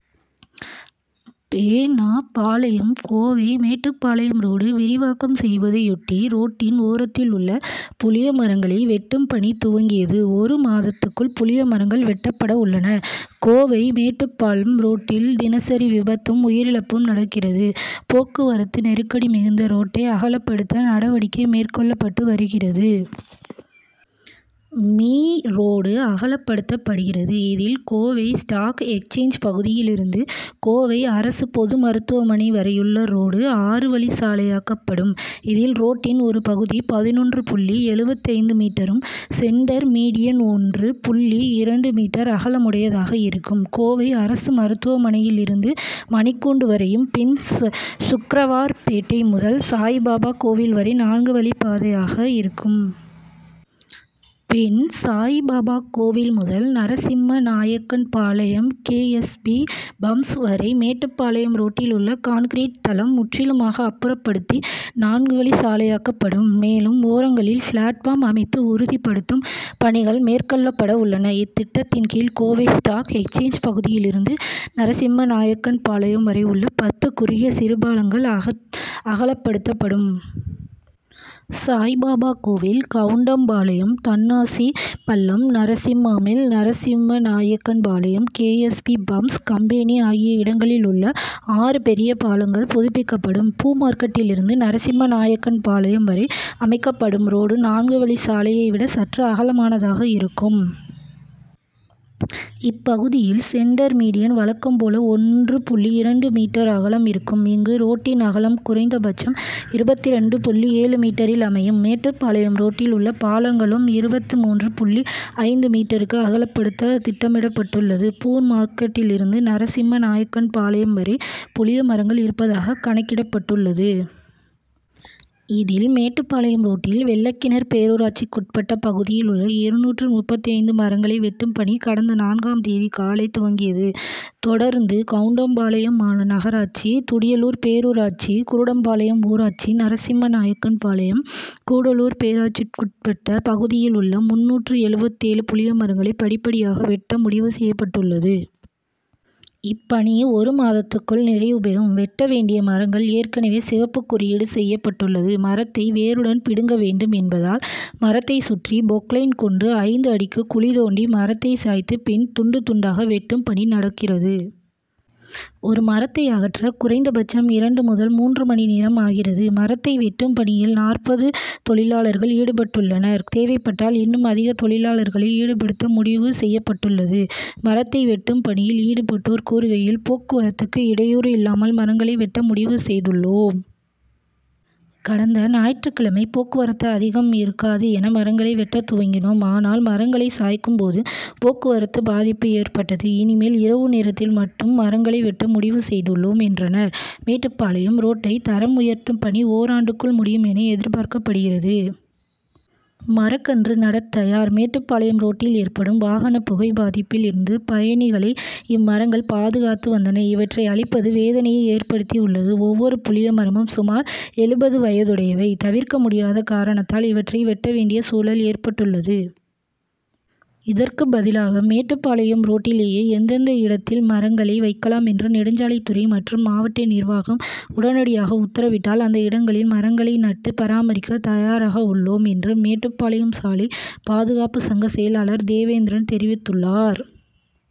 பெ. நா. பாளையம் கோவை மேட்டுப்பாளையம் ரோடு விரிவாக்கம் செய்வதையொட்டி ரோட்டின் ஓரத்தில் உள்ள புளியமரங்களை வெட் டும் பணி துவங்கியது. ஒரு மாதத்துக்குள் புளியமரங் கள் வெட்டப்பட உள்ளன. கோவை-மேட்டுப்பாளைம் ரோட்டில் தினசரி விபத்தும், உயிரிழப்பும் நடக்கிறது. போக் குவரத்து நெருக்கடி மிகுந்த ரோட்டை அகலப்படுத்த நடவடிக்கை மேற்கொள்ளப்பட்டு வருகிறது. மீ., ரோடு அகலப்படுத்தப்படுகிறது. இதில், கோவை ஸ்டாக் எக்ஸ்சேஞ்ச் பகுதியிலிருந்து கோவை அரசு பொது மருத்துவமனை வரையுள்ள ரோடு ஆறு வழிச்சாலையாக்கப்படும். இதில், ரோட்டின் ஒரு பகுதி பதினொன்று புள்ளி எழுபத்தைந்து மீட்டரும், சென்டர் மீடியன் ஒன்று புள்ளி இரண்டு மீட்டர் அகலமுடையதாக இருக்கும். கோவை அரசு மருத்துவமனையில் இருந்து மணிக்கூண்டு வரையும், பின், சுக்ரவார் பேட்டை முதல் சாயிபாபா கோவில் வரை நான்கு வழிப்பாதையாக இருக்கும். பின், சாயிபாபா கோவில் முதல் Narasimhanaickenpalayam K. S. B., pumps வரை மேட்டுப்பாளையம் ரோட்டில் உள்ள கான்கிரீட் தளம் முற்றிலுமாக அப்புறப்படுத்தி, நான்குவழிச் சாலையாக்கப்படும். மேலும், ஓரங்களில் பிளாட்பார்ம் அமைத்து உறுதிப்படுத்தும் பணிகள் மேற்கொள்ளப்பட உள்ளன. இத்திட்டத்தின் கீழ் கோவை ஸ்டாக் எக்ஸ்சேஞ்ச் பகுதியிலிருந்து நரசிம்மநாயக்கன்பாளையம் வரை உள்ள பத்து குறுகிய சிறுபாலங்கள், அகலப்படுத்தப்படும். சாய்பாபா கோவில், Goundampalayam, Thannasi Pallam, Narasimha mill, Narasimhanaickenpalayam, K. S. B. Pumps company ஆகிய இடங்களில் உள்ள ஆறு பெரிய பாலங்கள் புதுப்பிக்கப்படும். பூ மார்கெட்டிலிருந்து நரசிம்மநாயக்கன்பாளையம் வரை அமைக்கப்படும் ரோடு, நான்கு வழிச்சாலையை விட சற்று அகலமானதாக இருக்கும். இப்பகுதியில் சென்டர் மீடியன் வழக்கம் போல ஒன்று புள்ளி இரண்டு மீட்டர் அகலம் இருக்கும். இங்கு ரோட்டின் அகலம் குறைந்த பட்சம் இருபத்திரண்டு புள்ளி ஏழு மீட்டரில் அமையும். மேட்டுப்பாளையம் ரோட்டில் உள்ள பாலங்களும் இருபத்து மூன்று புள்ளி ஐந்து மீட்டருக்கு அகலப்படுத்த திட்டமிடப்பட்டுள்ளது. பூமார்கெட்டிலிருந்து நரசிம்மநாயக்கன்பாளையம் வரை புளிய மரங்கள் இருப்பதாக கணக்கிடப்பட்டுள்ளது. இதில், மேட்டுப்பாளையம் ரோட்டில் வெள்ளக்கிணர் பேரூராட்சிக்குட்பட்ட பகுதியில் உள்ள இருநூற்று முப்பத்தைந்து மரங்களை வெட்டும் பணி கடந்த நான்காம் தேதி காலை துவங்கியது. தொடர்ந்து கவுண்டம்பாளையம் நகராட்சி, துடியலூர் பேரூராட்சி, குருடம்பாளையம் ஊராட்சி, நரசிம்மநாயக்கன்பாளையம், கூடலூர் பேரூராட்சிக்குட்பட்ட பகுதியில் உள்ள முந்நூற்று எழுபத்தேழு புளியமரங்களை படிப்படியாக வெட்ட முடிவு செய்யப் பட்டுள்ளது. இப்பணி ஒரு மாதத்துக்குள் நிறைவு பெறும். வெட்ட வேண்டிய மரங்கள் ஏற்கனவே சிவப்பு குறியீடு செய்யப்பட் டுள்ளது. மரத்தை வேருடன் பிடுங்க வேண்டும் என்பதால், மரத்தை சுற்றி பொக்லைன் கொண்டு ஐந்து அடிக்கு குழி தோண்டி மரத்தை சாய்த்து பின் துண்டு, துண்டாக வெட்டும் பணி நடக்கிறது. ஒரு மரத்தை அகற்ற குறைந்த பட்சம் இரண்டு முதல் மூன்று மணி நேரம் ஆகிறது. மரத்தை வெட்டும் பணியில் நாற்பது தொழிலாளர்கள் ஈடுபட்டுள்ளனர். தேவைப்பட்டால் இன்னும் அதிக தொழிலாளர்களை ஈடுபடுத்த முடிவு செய்யப்பட் டுள்ளது. மரத்தை வெட்டும் பணியில் ஈடுபட்டோர் கூறுகையில், போக்குவரத்துக்கு இடை யூறு இல்லாமல் மரங்களை வெட்ட முடிவு செய்துள் ளோம். கடந்த ஞாயிற்றுக்கிழமை போக்குவரத்து அதிகம் இருக் காது என மரங்களை வெட்டத் துவங்கினோம். ஆனால், மரங்களை சாய்க்கும் போது போக்குவரத்து பாதிப்பு ஏற்பட்டது. இனிமேல் இரவு நேரத்தில் மட்டும் மரங்களை வெட்ட முடிவு செய்துள்ளோம் என்றனர். மேட்டுப்பாளையம் ரோட்டை தரம் உயர்த்தும் பணி ஓராண்டுக்குள் முடியும் என எதிர்பார்க்கப்படுகிறது. மரக்கன்று நடத் தயார் மேட்டுப்பாளையம் ரோட்டில் ஏற்படும் வாகன புகை பாதிப்பில் இருந்து பயணிகளை இம்மரங்கள் பாதுகாத்து வந்தன. இவற்றை அழிப்பது வேதனையை ஏற்படுத்தி உள் ளது. ஒவ்வொரு புளியமரமும் சுமார் எழுபது வயதுடையவை. தவிர்க்க முடியாத காரணத்தால் இவற்றை வெட்ட வேண்டிய சூழல் ஏற்பட் டுள்ளது. இதற்கு பதிலாக மேட்டுப்பாளையம் ரோட் டிலேயே எந்தெந்த இடத்தில் மரங்களை வைக்கலாம் என்று நெடுஞ்சாலைத்துறை மற்றும் மாவட்ட நிர்வாகம் உடனடியாக உத்தரவிட்டால், அந்த இடங்களில் மரங்களை நட்டு பராமரிக்க தயாராக உள்ளோம் என்று மேட்டுப்பாளையம் சாலை பாதுகாப்பு சங்க செயலாளர் தேவேந்திரன் தெரிவித்துள்ளார்.